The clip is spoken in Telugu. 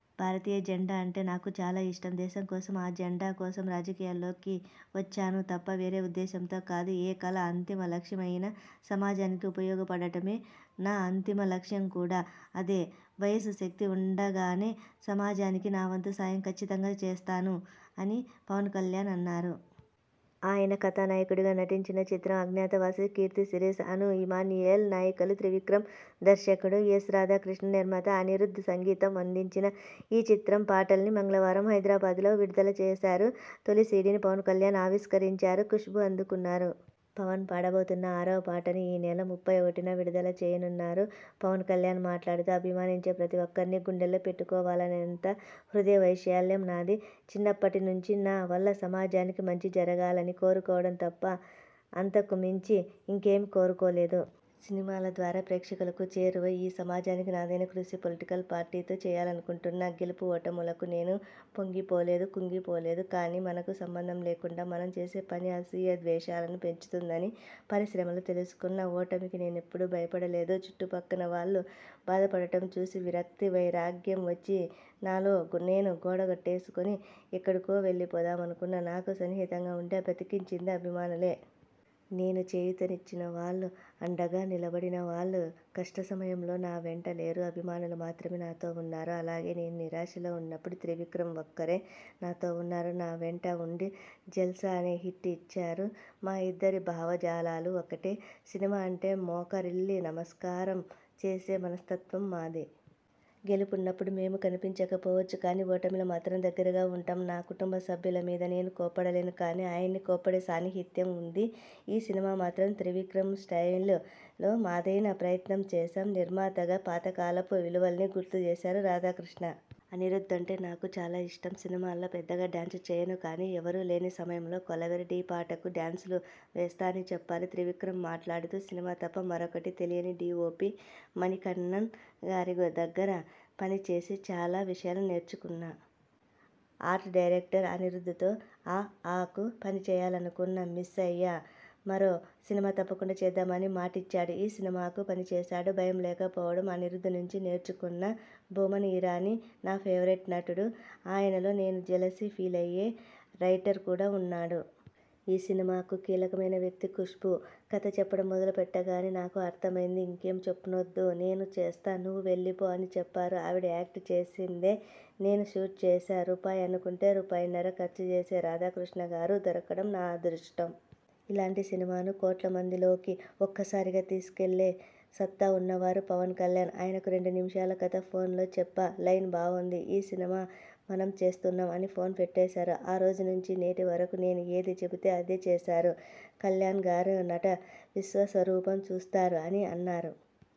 భారతీయ జెండా అంటే నాకు చాలా ఇష్టం. దేశం కోసం, ఆ జెండా కోసం రాజకీయాల్లోకి వచ్చాను తప్ప వేరే ఉద్దేశంతో కాదు. ఏ కళ అంతిమ లక్ష్యం అయినా సమాజానికి ఉపయోగపడటమే. నా అంతిమ లక్ష్యం కూడా అదే. వయసు, శక్తి ఉండగానే సమాజానికి నావంతు సాయం కచ్చితంగా చేస్తాను'' అని పవన్ కల్యాణ్ అన్నారు. ఆయన కథానాయకుడిగా నటించిన చిత్రం 'అజ్ఞాతవాసి'. కీర్తి సురేశ్, అనూ ఇమాన్యుయేల్ నాయికలు. త్రివిక్రమ్ దర్శకుడు. ఎస్. రాథాకృష్ణ నిర్మాత. అనిరుధ్ధ్ సంగీతం అందించిన ఈ చిత్రం పాటల్ని మంగళవారం హైదరాబాద్ లో విడుదల చేశారు. తొలి సీడీని పవన్ కల్యాణ్ ఆవిష్కరించారు. కుష్భు అందుకున్నారు. పవన్ పాడబోతున్న ఆరో పాటను ఈ నెల ముప్పై ఒకటిన విడుదల చెయ్యనున్నారు. పవన్ కల్యాణ్ మాట్లాడుతూ ''అభిమానించే ప్రతి ఒక్కరినీ గుండెల్లో పెట్టుకోవాలనేంత హృదయ వైశాల్యం నాది. చిన్నప్పటి నుంచీ నా వల్ల సమాజానికి మంచి జరగాలని కోరుకోవడం తప్ప అంతకు మించి ఇంకేం కోరుకోలేదు. సినిమాల ద్వారా ప్రేక్షకులకు చేరువై ఈ సమాజానికి నాదైన కృషి పొలిటికల్ పార్టీతో చెయ్యాలనుకుంటున్నా. గెలుపు, ఓటములకు నేను పొంగిపోలేదు కుంగిపోలేదు. కానీ మనకు సంబంధం లేకుండా మనం చేసే పని అసూయ, ద్వేషాలను పెంచుతుందని పరిశ్రమలో తెలుసుకున్నా. ఓటమికి నేనెప్పుడూ భయపడలేదు. చుట్టు పక్కన వాళ్లు బాధపడటం చూసి విరక్తి, వైరాగ్యం వచ్చి నాలో నేను గోడ కట్టేసుకుని ఎక్కడికో వెళ్లిపోదామనుకున్న నాకు సన్నిహితంగా ఉండి బతికించింది అభిమానులే. నేను చేయుతనిచ్చినవాళ్లు, అండగా నిలబడినవాళ్లు కష్ట సమయంలో నా వెంట లేరు. అభిమానులు మాత్రమే నాతో ఉన్నారు. అలాగే నేను నిరాశలో ఉన్నప్పుడు త్రివిక్రమ్ ఒక్కరే నాతో ఉన్నారు. నా వెంట ఉండి 'జల్సా' అనే హిట్ ఇచ్చారు. మా ఇద్దరి భావజాలాలు ఒక్కటే. సినిమా అంటే మోకరిల్లి నమస్కారం చేసే మనస్తత్వం మాది. గెలుపు ఉన్నప్పుడు మేం కనిపించకపోవచ్చు కానీ ఓటమిలో మాత్రం దగ్గరగా ఉంటాం. నా కుటుంబ సభ్యుల మీద నేను కోప్పడలేను కానీ ఆయన్ని కోప్పడే సాన్నిహిత్యం ఉంది. ఈ సినిమా మాత్రం త్రివిక్రమ్ స్టైల్ లో మాదైన ప్రయత్నం చేశాం. నిర్మాతగా పాతకాలపు విలువల్ని గుర్తు చేశారు రాధాకృష్ణ. అనిరుధ్ అంటే నాకు చాలా ఇష్టం. సినిమాల్లో పెద్దగా డాన్స్ చెయ్యను కానీ ఎవరూలేని సమయంలో కొలవెరీ డీ పాటకు డాన్స్లు వేస్తా'' అని చెప్పారు. త్రివిక్రమ్ మాట్లాడుతూ ''సినిమా తప్ప మరొకటి తెలియని డిఓపి మణికణ్ణన్ గారి దగ్గర పని చేసి చాలా విషయాలు నేర్చుకున్నా. ఆర్ట్ డైరెక్టర్ అనిరుధ్థ్ తో 'అఆ'కు పనిచెయ్యాలనుకున్నా. మిస్ అయ్యా. మరో సినిమా తప్పకుండా చేద్దామని మాటిచ్చాడు. ఈ సినిమాకు పనిచేశాడు. భయం లేకపోవడం అనిరుధ్ నుంచీ నేర్చుకున్నా. బోమన్ ఇరానీ నా ఫేవరెట్ నటుడు. ఆయనలో నేను జెలసీ ఫీలయ్యే రైటర్ కూడా ఉన్నాడు. ఈ సినిమాకు కీలకమైన వ్యక్తి కుష్భూ. కథ చెప్పడం మొదలుపెట్టగానే 'నాకు అర్ధమైంది.. ఇంకేం చెప్నొద్దు. నేను చేస్తా నువ్వు వెళ్లిపో' అని చెప్పారు. ఆవిడ యాక్ట్ చేసిందే నేను షూట్ చేశా. రూపాయి అనుకుంటే రూపాయున్నర ఖర్చు చేసే రాధాకృష్ణగారు దొరకడం నా అదృష్టం. ఇలాంటి సినిమాను కోట్ల మందిలోకి ఒక్కసారిగా తీసుకెళ్లే సత్తా ఉన్నవారు పవన్ కల్యాణ్. ఆయనకు రెండు నిమిషాల కథ ఫోన్ లో చెప్పా. లైన్ బావుంది. ఈ సినిమా మనం చేస్తున్నాం అని ఫోన్ పెట్టేశారు. ఆరోజు నుంచీ నేటి వరకూ నేను ఏది చెబితే అదే చేశారు. కల్యాణ్ గారి నట విశ్వస్వరూపం చూస్తారు'' అని అన్నారు.